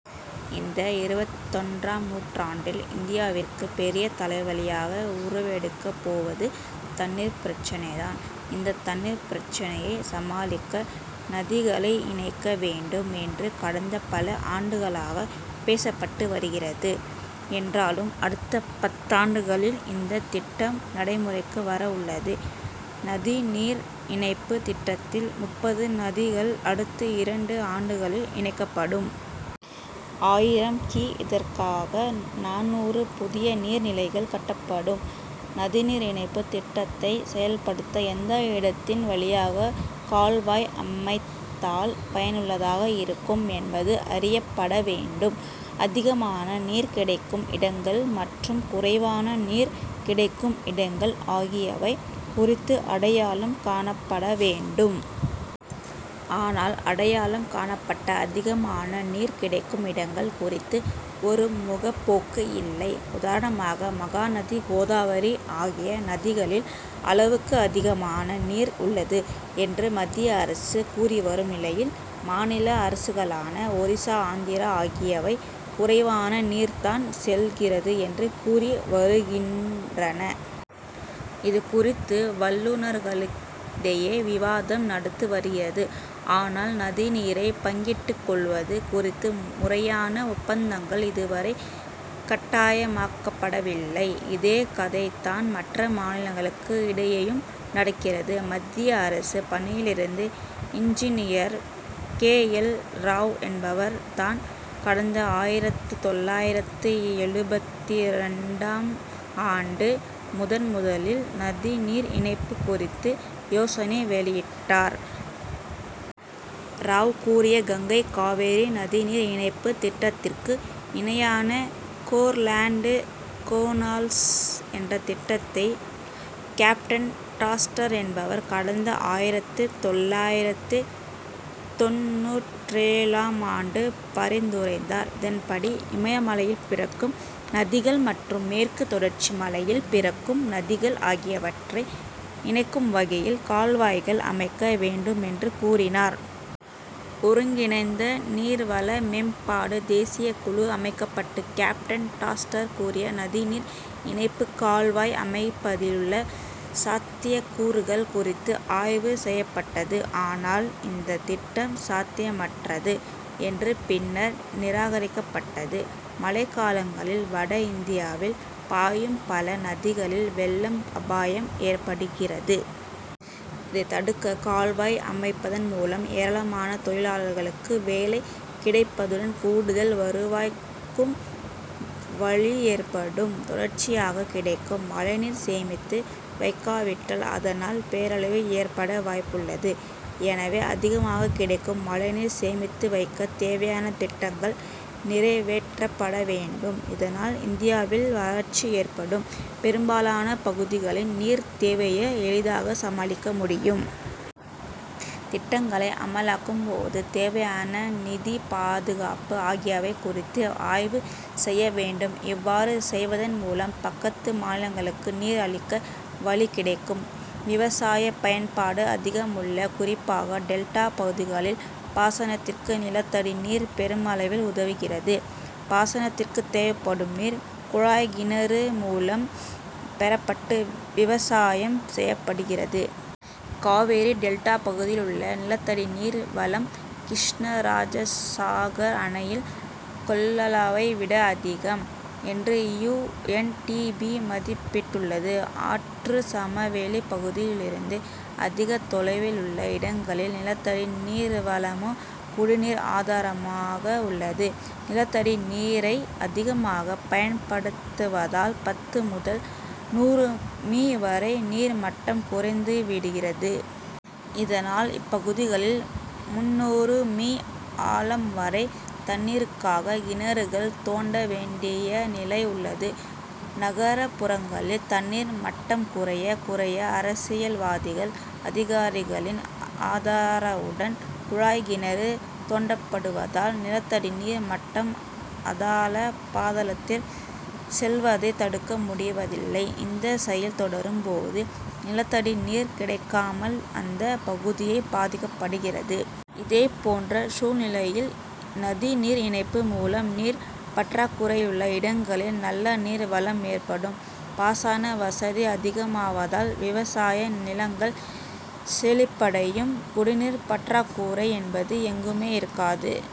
இந்த இருபத்தொன்றாம் நூற்றாண்டில் இந்தியாவிற்கு பெரிய தலைவலியாக உருவெடுக்கப் போவது தண்ணீர் பிரச்னை தான். இந்த தண்ணீர் பிரச்னையை சமாளிக்க நதிகளை இணைக்க வேண்டும் என்று கடந்த பல ஆண்டுகளாக பேசப்பட்டு வருகிறது. என்றாலும் அடுத்த பத்தாண்டுகளில் இந்த திட்டம் நடைமுறைக்கு வர உள்ளது. நதிநீர் இணைப்பு திட்டத்தில் முப்பது நதிகள் அடுத்த இரண்டு ஆண்டுகளில் இணைக்கப்படும். ஆயிரம் கி. இதற்காக நானூறு புதிய நீர் நிலைகள் கட்டப்படும். நதிநீர் இணைப்பு திட்டத்தை செயல்படுத்த எந்த இடத்தின் வழியாக கால்வாய் அமைத்தால் பயனுள்ளதாக இருக்கும் என்பது அறியப்பட வேண்டும். அதிகமான நீர் கிடைக்கும் இடங்கள் மற்றும் குறைவான நீர் கிடைக்கும் இடங்கள் ஆகியவை குறித்து அடையாளம் காணப்பட வேண்டும். ஆனால் அடையாளம் காணப்பட்ட அதிகமான நீர் கிடைக்கும் இடங்கள் குறித்து ஒருமுகப்போக்கு இல்லை. உதாரணமாக மகாநதி கோதாவரி ஆகிய நதிகளில் அளவுக்கு அதிகமான நீர் உள்ளது என்று மத்திய அரசு கூறிவரும் நிலையில் மாநில அரசுகளான ஒரிசா ஆந்திரா ஆகியவை குறைவான நீர் தான் செல்கிறது என்று கூறி வருகின்றன. இதுகுறித்து வல்லுனர்களிடையே விவாதம் நடந்து வருகிறது. ஆனால் நதிநீரை பங்கிட்டுக் கொள்வது குறித்து முறையான ஒப்பந்தங்கள் இதுவரை கட்டாயமாக்கப்படவில்லை. இதே கதைதான் மற்ற மாநிலங்களுக்கு இடையேயும் நடக்கிறது. மத்திய அரசு பணியிலிருந்த இன்ஜினியர் கே. எல். ராவ் என்பவர் தான் கடந்த ஆயிரத்து தொள்ளாயிரத்து எழுபத்திரண்டாம் ஆண்டு முதன்முதலில் நதிநீர் இணைப்பு குறித்த யோசனையை வெளியிட்டார். ராவ் கூறிய கங்கை காவிரி நதிநீர் இணைப்பு திட்டத்திற்கு இணையான கேர்லேண்ட் கெனால்ஸ் என்ற திட்டத்தை கேப்டன் டாஸ்டர் என்பவர் கடந்த ஆயிரத்து தொள்ளாயிரத்து தொண்ணூற்றேழாம் ஆண்டு பரிந்துரைத்தார். இதன்படி இமயமலையில் பிறக்கும் நதிகள் மற்றும் மேற்கு தொடர்ச்சி மலையில் பிறக்கும் நதிகள் ஆகியவற்றை இணைக்கும் வகையில் கால்வாய்கள் அமைக்க வேண்டும் என்று கூறினார். ஒருங்கிணைந்த நீர்வள மேம்பாடு தேசிய குழு அமைக்கப்பட்டு கேப்டன் டாஸ்டர் கூறிய நதிநீர் இணைப்பு கால்வாய் அமைப்பதிலுள்ள சாத்தியக்கூறுகள் குறித்து ஆய்வு செய்யப்பட்டது. ஆனால் இந்த திட்டம் சாத்தியமற்றது என்று பின்னர் நிராகரிக்கப்பட்டது. மழைக்காலங்களில் வட இந்தியாவில் பாயும் பல நதிகளில் வெள்ள அபாயம் ஏற்படுகிறது. இதை தடுக்க கால்வாய் அமைப்பதன் மூலம் ஏராளமான தொழிலாளர்களுக்கு வேலை கிடைப்பதுடன் கூடுதல் வருவாய்க்கும் வழி ஏற்படும். தொடர்ச்சியாக கிடைக்கும் மழைநீரை சேமித்து வைக்காவிட்டால் அதனால் பேரழிவு ஏற்பட வாய்ப்புள்ளது. எனவே அதிகமாக கிடைக்கும் மழைநீரை சேமித்து வைக்க தேவையான திட்டங்கள் நிறைவேற்றப்பட வேண்டும். இதனால் இந்தியாவில் வறட்சி ஏற்படும் பெரும்பாலான பகுதிகளின் நீர் தேவையை எளிதாக சமாளிக்க முடியும். திட்டங்களை அமலாக்கும் போது தேவையான நிதி பாதுகாப்பு ஆகியவை குறித்து ஆய்வு செய்ய வேண்டும். இவ்வாறு செய்வதன் மூலம் பக்கத்து மாநிலங்களுக்கு நீர் அளிக்க வழி கிடைக்கும். விவசாய பயன்பாடு அதிகமுள்ள குறிப்பாக டெல்டா பகுதிகளில் பாசனத்திற்கு நிலத்தடி நீர் பெருமளவில் உதவுகிறது. பாசனத்திற்கு தேவைப்படும் நீர் குழாய் கிணறு மூலம் பெறப்பட்டு விவசாயம் செய்யப்படுகிறது. காவிரி டெல்டா பகுதியிலுள்ள நிலத்தடிநீர் வளம் கிருஷ்ணராஜசாகர் அணையில் கொள்ளளவை விட அதிகம் என்று யூ. என். டி. பி. மதிப்பிட்டுள்ளது. ஆற்று சமவெளி பகுதியிலிருந்து அதிக தொலைவிலுள்ள இடங்களில் நிலத்தடி நீர்வளமே குடிநீர் ஆதாரமாக உள்ளது. நிலத்தடி நீரை அதிகமாக பயன்படுத்துவதால் பத்து முதல் நூறு மீ வரை நீர் மட்டம் குறைந்து விடுகிறது. இதனால் இப்பகுதிகளில் முந்நூறு மீ ஆழம் வரை தண்ணீருக்காக கிணறுகள் தோண்ட வேண்டிய நிலை உள்ளது. நகர்புறங்களில் தண்ணீர் மட்டம் குறைய குறைய அரசியல்வாதிகள் அதிகாரிகளின் ஆதரவுடன் குழாய் கிணறு தோண்டப்படுவதால் நிலத்தடிநீர் மட்டம் அதாள பாதாளத்திற்கு செல்வதை தடுக்க முடிவதில்லை. இந்த செயல் தொடரும் போது நிலத்தடி நீர் கிடைக்காமல் அந்த பகுதியே பாதிக்கப்படுகிறது. இதுபோன்ற சூழ்நிலையில் நதிநீர் இணைப்பு மூலம் நீர் பற்றாக்குறையுள்ள இடங்களில் நல்ல நீர் வளம் ஏற்படும். பாசன வசதி அதிகமாவதால் விவசாய நிலங்கள் செழிப்படையும். குடிநீர் பற்றாக்குறை என்பது எங்குமே இருக்காது.